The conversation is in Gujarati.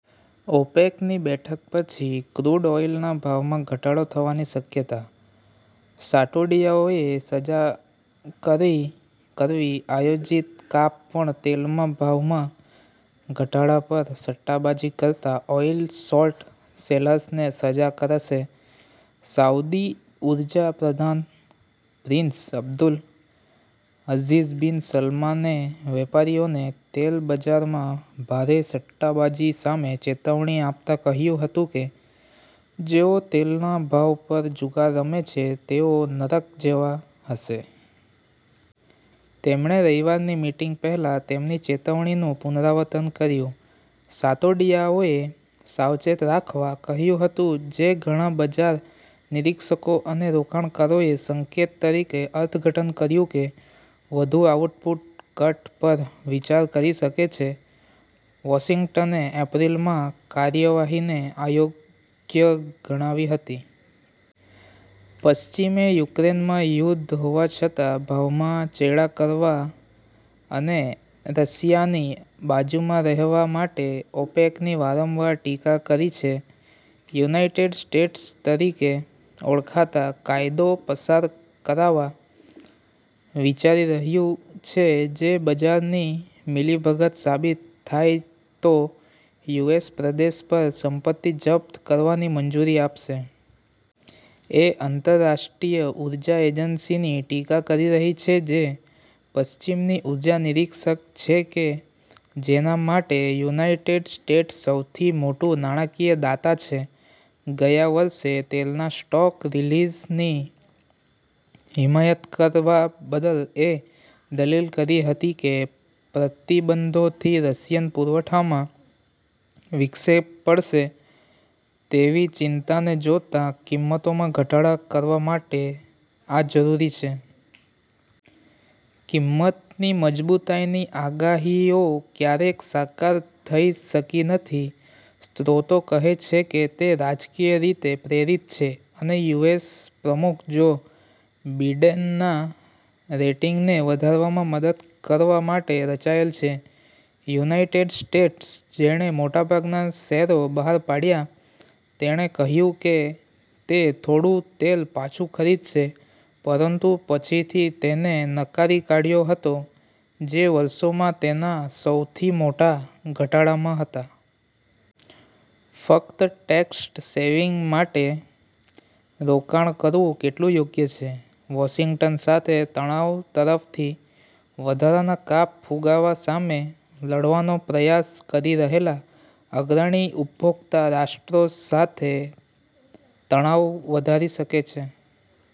ઓપેકની બેઠક પછી ક્રૂડ ઓઇલના ભાવમાં ઘટાડો થવાની શક્યતા. સટોડિયાઓને સજા કરવી, આયોજિત કાપ પણ તેલના ભાવમાં ઘટાડા પર સટ્ટાબાજી કરતા ઓઇલ શોર્ટ સેલર્સને સજા કરશે. સાઉદી ઉર્જા પ્રધાન પ્રિન્સ અબ્દુલ અઝીઝ બિન સલમાને વેપારીઓને તેલ બજારમાં ભારે સટ્ટાબાજી સામે ચેતવણી આપતાં કહ્યું હતું કે જેઓ તેલના ભાવ પર જુગાર રમે છે તેઓ "નરક જેવા" હશે. તેમણે રવિવારની મીટિંગ પહેલા તેમની ચેતવણીનું પુનરાવર્તન કર્યું, સટોડિયાઓને "સાવચેત રાખવા" કહ્યું હતું, જે ઘણા બજાર નિરીક્ષકો અને રોકાણકારોએ સંકેત તરીકે અર્થઘટન કર્યું કે વધુ આઉટપુટ કટ પર વિચાર કરી શકે છે. વોશિંગ્ટને એપ્રિલમાં કાર્યવાહીને અયોગ્ય ગણાવી હતી. પશ્ચિમે યુક્રેનમાં યુદ્ધ હોવા છતાં ભાવમાં ચેડાં કરવા અને રશિયાની બાજુમાં રહેવા માટે ઓપેકની વારંવાર ટીકા કરી છે. યુનાઇટેડ સ્ટેટ્સ તરીકે ઓળખાતો કાયદો પસાર કરવા વિચારી રહ્યું છે, જે બજારની મિલીભગત સાબિત થાય તો યુએસ પ્રદેશ પર સંપત્તિ જપ્ત કરવાની મંજૂરી આપશે. એ આંતરરાષ્ટ્રીય ઉર્જા એજન્સીની ટીકા કરી છે, જે પશ્ચિમની ઉર્જા નિરીક્ષક છે કે જેના માટે યુનાઇટેડ સ્ટેટ્સ સૌથી મોટું નાણાકીય દાતા છે, ગયા વર્ષે તેલના સ્ટોક રિલીઝની હિમાયત કરવા બદલ એ દલીલ કરી હતી કે પ્રતિબંધોથી રશિયન પુરવઠામાં વિક્ષેપ પડશે તેવી ચિંતાને જોતાં કિંમતોમાં ઘટાડો કરવા માટે આ જરૂરી છે. કિંમતની મજબૂતાઈની આગાહીઓ ક્યારેય સાકાર થઈ શકી નથી, સ્ત્રોતો કહે છે કે તે રાજકીય રીતે પ્રેરિત છે અને યુએસ પ્રમુખ જો બિડેનના રેટિંગને વધારવામાં મદદ કરવા માટે રચાયેલ છે. યુનાઇટેડ સ્ટેટ્સ, જેણે મોટાભાગના શેરો બહાર પાડ્યા, તેણે કહ્યું કે તે થોડું તેલ પાછું ખરીદશે, પરંતુ પછીથી તેને નકારી કાઢ્યો હતો, જે વર્ષોમાં તેના સૌથી મોટા ઘટાડામાં હતો. ફક્ત ટેક્સ સેવિંગ માટે રોકાણ કરવું કેટલું યોગ્ય છે? વોશિંગ્ટન સાથે તણાવ તરફથી વધારાના કાપ ફુગાવા સામે લડવાનો પ્રયાસ કરી રહેલા અગ્રણી ઉપભોક્તા રાષ્ટ્રો સાથે તણાવ વધારી શકે છે.